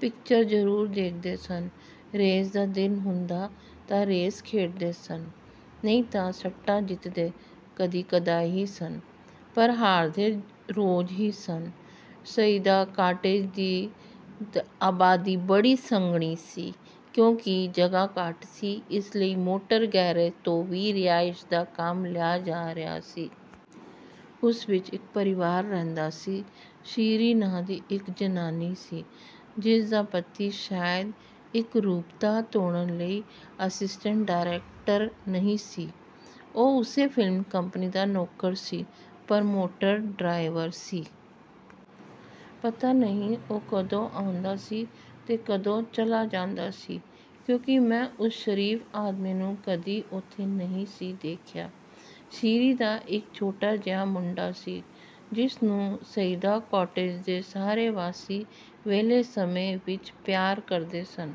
Picture ਜਰੂਰ ਦੇਖਦੇ ਸਨ, ਰੇਸ ਦਾ ਦਿਨ ਹੁੰਦਾ ਤਾਂ ਰੇਸ ਖੇਡਦੇ ਸਨ, ਨਹੀਂ ਤਾਂ ਸੱਟਾ ਜਿੱਤਦੇ ਕਦੀ-ਕਦਾਈ ਹੀ ਸਨ, ਪਰ ਹਾਰਦੇ ਰੋਜ਼ ਹੀ ਸਨ। ਸਈਦਾ ਕਾਟੇਜ ਦੀ ਆਬਾਦੀ ਬੜੀ ਸੰਘਣੀ ਸੀ। ਕਿਉਂਕਿ ਜਗ੍ਹਾ ਘੱਟ ਸੀ, ਇਸ ਲਈ ਮੋਟਰ ਗੈਰੇਜ ਤੋਂ ਵੀ ਰਿਹਾਇਸ਼ ਦਾ ਕੰਮ ਲਿਆ ਜਾ ਰਿਹਾ ਸੀ। ਉਸ ਵਿਚ ਇਕ ਪਰਿਵਾਰ ਰਹਿੰਦਾ ਸੀ। ਸ਼ੀਰੀਂ ਨਾਂਅ ਦੀ ਇਕ ਜ਼ਨਾਨੀ ਸੀ, ਜਿਸ ਦਾ ਪਤੀ ਸ਼ਾਇਦ ਇਕਰੂਪਤਾ ਤੋੜਨ ਲਈ ਅਸਿਸਟੈਂਟ ਡਾਇਰੈਕਟਰ ਨਹੀਂ ਸੀ। ਉਹ ਉਸੇ ਫ਼ਿਲਮ ਕੰਪਨੀ ਦਾ ਨੌਕਰ ਸੀ, ਪਰ ਮੋਟਰ ਡਰਾਈਵਰ ਸੀ। ਪਤਾ ਨਹੀਂ ਉਹ ਕਦੋਂ ਆਉਂਦਾ ਸੀ ਤੇ ਕਦੋਂ ਚਲਾ ਜਾਂਦਾ ਸੀ, ਕਿਉਂਕਿ ਮੈਂ ਉਸ ਸ਼ਰੀਫ ਆਦਮੀ ਨੂੰ ਕਦੀ ਉੱਥੇ ਨਹੀਂ ਸੀ ਦੇਖਿਆ। ਸ਼ੀਰੀਂ ਦਾ ਇਕ ਛੋਟਾ ਜਿਹਾ ਮੁੰਡਾ ਸੀ, ਜਿਸਨੂੰ ਸਈਦਾ ਕਾਟੇਜ ਦੇ ਸਾਰੇ ਵਾਸੀ ਵਿਹਲੇ ਸਮੇਂ ਵਿਚ ਪਿਆਰ ਕਰਦੇ ਸਨ।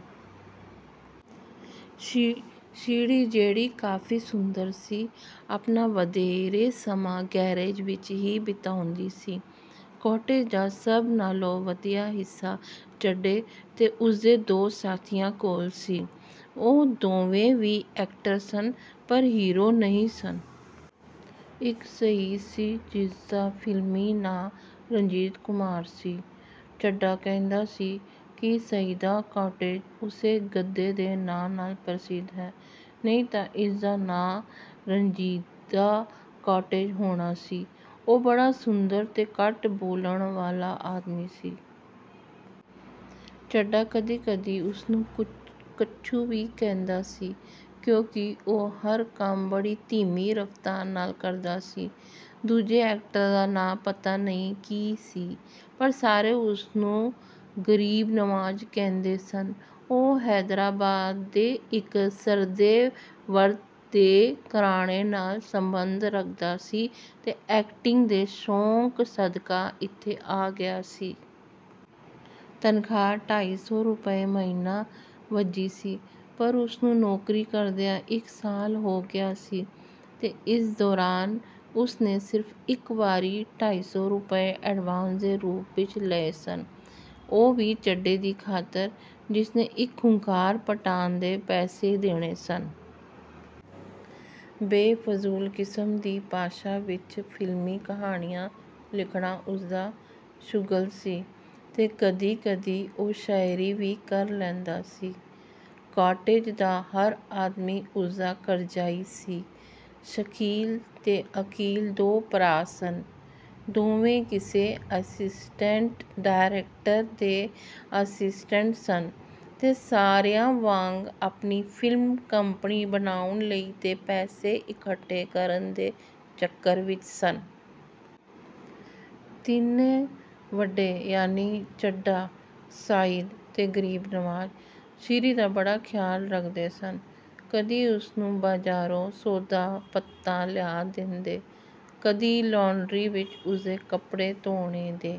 ਸ਼ੀਰੀਂ, ਜਿਹੜੀ ਕਾਫੀ ਸੁੰਦਰ ਸੀ, ਆਪਣਾ ਵਧੇਰੇ ਸਮਾਂ ਗੈਰੇਜ ਵਿਚ ਹੀ ਬਿਤਾਉਂਦੀ ਸੀ। ਕਾਟੇਜ ਦਾ ਸਭ ਨਾਲੋਂ ਵਧੀਆ ਹਿੱਸਾ ਚੱਡੇ ਤੇ ਉਸਦੇ ਦੋ ਸਾਥੀਆਂ ਕੋਲ ਸੀ। ਉਹ ਦੋਵੇਂ ਵੀ ਐਕਟਰ ਸਨ, ਪਰ ਹੀਰੋ ਨਹੀਂ ਸਨ। ਇਕ ਸਈਦ ਸੀ, ਜਿਸਦਾ ਫਿਲਮੀ ਨਾਂ ਰਣਜੀਤ ਕੁਮਾਰ ਸੀ। ਚੱਡਾ ਕਹਿੰਦਾ ਸੀ ਕਿ ਸਈਦਾ ਕਾਟੇਜ ਉਸੇ ਗਧੇ ਦੇ ਨਾਂਅ ਨਾਲ ਪ੍ਰਸਿੱਧ ਹੈ, ਨਹੀਂ ਤਾਂ ਇਸਦਾ ਨਾਂਅ 'ਰੰਜੀਦਾ ਕਾਟੇਜ' ਹੋਣਾ ਸੀ। ਉਹ ਬੜਾ ਸੁੰਦਰ ਤੇ ਘੱਟ ਬੋਲਣ ਵਾਲਾ ਆਦਮੀ ਸੀ। ਚੱਡਾ ਕਦੀ-ਕਦੀ ਉਸਨੂੰ ਕੱਛੂ ਵੀ ਕਹਿੰਦਾ ਸੀ, ਕਿਉਂਕਿ ਉਹ ਹਰ ਕੰਮ ਬੜੀ ਧੀਮੀ ਰਫ਼ਤਾਰ ਨਾਲ ਕਰਦਾ ਸੀ। ਦੂਜੇ ਐਕਟਰ ਦਾ ਨਾਂਅ ਪਤਾ ਨਹੀਂ ਕੀ ਸੀ, ਪਰ ਸਾਰੇ ਉਸਨੂੰ ਗਰੀਬ ਨਵਾਜ ਕਹਿੰਦੇ ਸਨ। ਉਹ ਹੈਦਰਾਬਾਦ ਦੇ ਇਕ ਸਰਦੇ-ਵਰਦੇ ਘਰਾਣੇ ਨਾਲ ਸੰਬੰਧ ਰੱਖਦਾ ਸੀ ਤੇ ਐਕਟਿੰਗ ਦੇ ਸ਼ੌਕ ਸਦਕਾ ਇੱਥੇ ਆ ਗਿਆ ਸੀ। ਤਨਖ਼ਾਹ ਢਾਈ ਸੌ ਰੁਪਏ ਮਹੀਨਾ ਵੱਝੀ ਸੀ, ਪਰ ਉਸਨੂੰ ਨੌਕਰੀ ਕਰਦਿਆਂ ਇਕ ਸਾਲ ਹੋ ਗਿਆ ਸੀ ਤੇ ਇਸ ਦੌਰਾਨ ਉਸਨੇ ਸਿਰਫ ਇਕ ਵਾਰੀ ਢਾਈ ਸੌ ਰੁਪਏ ਐਡਵਾਂਸ ਦੇ ਰੂਪ ਵਿਚ ਲਏ ਸਨ। ਉਹ ਵੀ ਚੱਡੇ ਦੀ ਖਾਤਰ, ਜਿਸਨੇ ਇਕ ਖ਼ੂੰਖਾਰ ਪਠਾਨ ਦੇ ਪੈਸੇ ਦੇਣੇ ਸਨ। ਬੇਫਜੂਲ ਕਿਸਮ ਦੀ ਭਾਸ਼ਾ ਵਿਚ ਫ਼ਿਲਮੀ ਕਹਾਣੀਆਂ ਲਿਖਣਾ ਉਸਦਾ ਸ਼ੁਗਲ ਸੀ ਤੇ ਕਦੀ-ਕਦੀ ਉਹ ਸ਼ਾਇਰੀ ਵੀ ਕਰ ਲੈਂਦਾ ਸੀ। ਕਾਟੇਜ਼ ਦਾ ਹਰ ਆਦਮੀ ਉਸਦਾ ਕਰਜਾਈ ਸੀ। ਸ਼ਕੀਲ ਤੇ ਅਕੀਲ ਦੋ ਭਰਾ ਸਨ। ਦੋਵੇਂ ਕਿਸੇ ਅਸਿਸਟੈਂਟ ਡਾਇਰੈਕਟਰ ਦੇ ਅਸਿਸਸਟੈਂਟ ਸਨ ਤੇ ਸਾਰਿਆਂ ਵਾਂਗ ਆਪਣੀ ਫ਼ਿਲਮ ਕੰਪਨੀ ਬਣਾਉਣ ਲਈ ਪੈਸੇ ਇਕੱਠੇ ਕਰਨ ਦੇ ਚੱਕਰ ਵਿਚ ਸਨ। ਤਿੰਨੇ ਵੱਡੇ ਯਾਨੀ ਚੱਡਾ, ਸਈਦ ਤੇ ਗਰੀਬ ਨਵਾਜ਼ ਸ਼ੀਂਰੀ ਦਾ ਬੜਾ ਖ਼ਿਆਲ ਰੱਖਦੇ ਸਨ। ਕਦੀ ਉਸਨੂੰ ਬਾਜ਼ਾਰੋਂ ਸੌਦਾ-ਪੱਤਾ ਲਿਆ ਦਿੰਦੇ, ਕਦੀ ਲਾਂਡਰੀ ਵਿਚ ਉਸਦੇ ਕੱਪੜੇ ਧੋਣੇ ਦੇ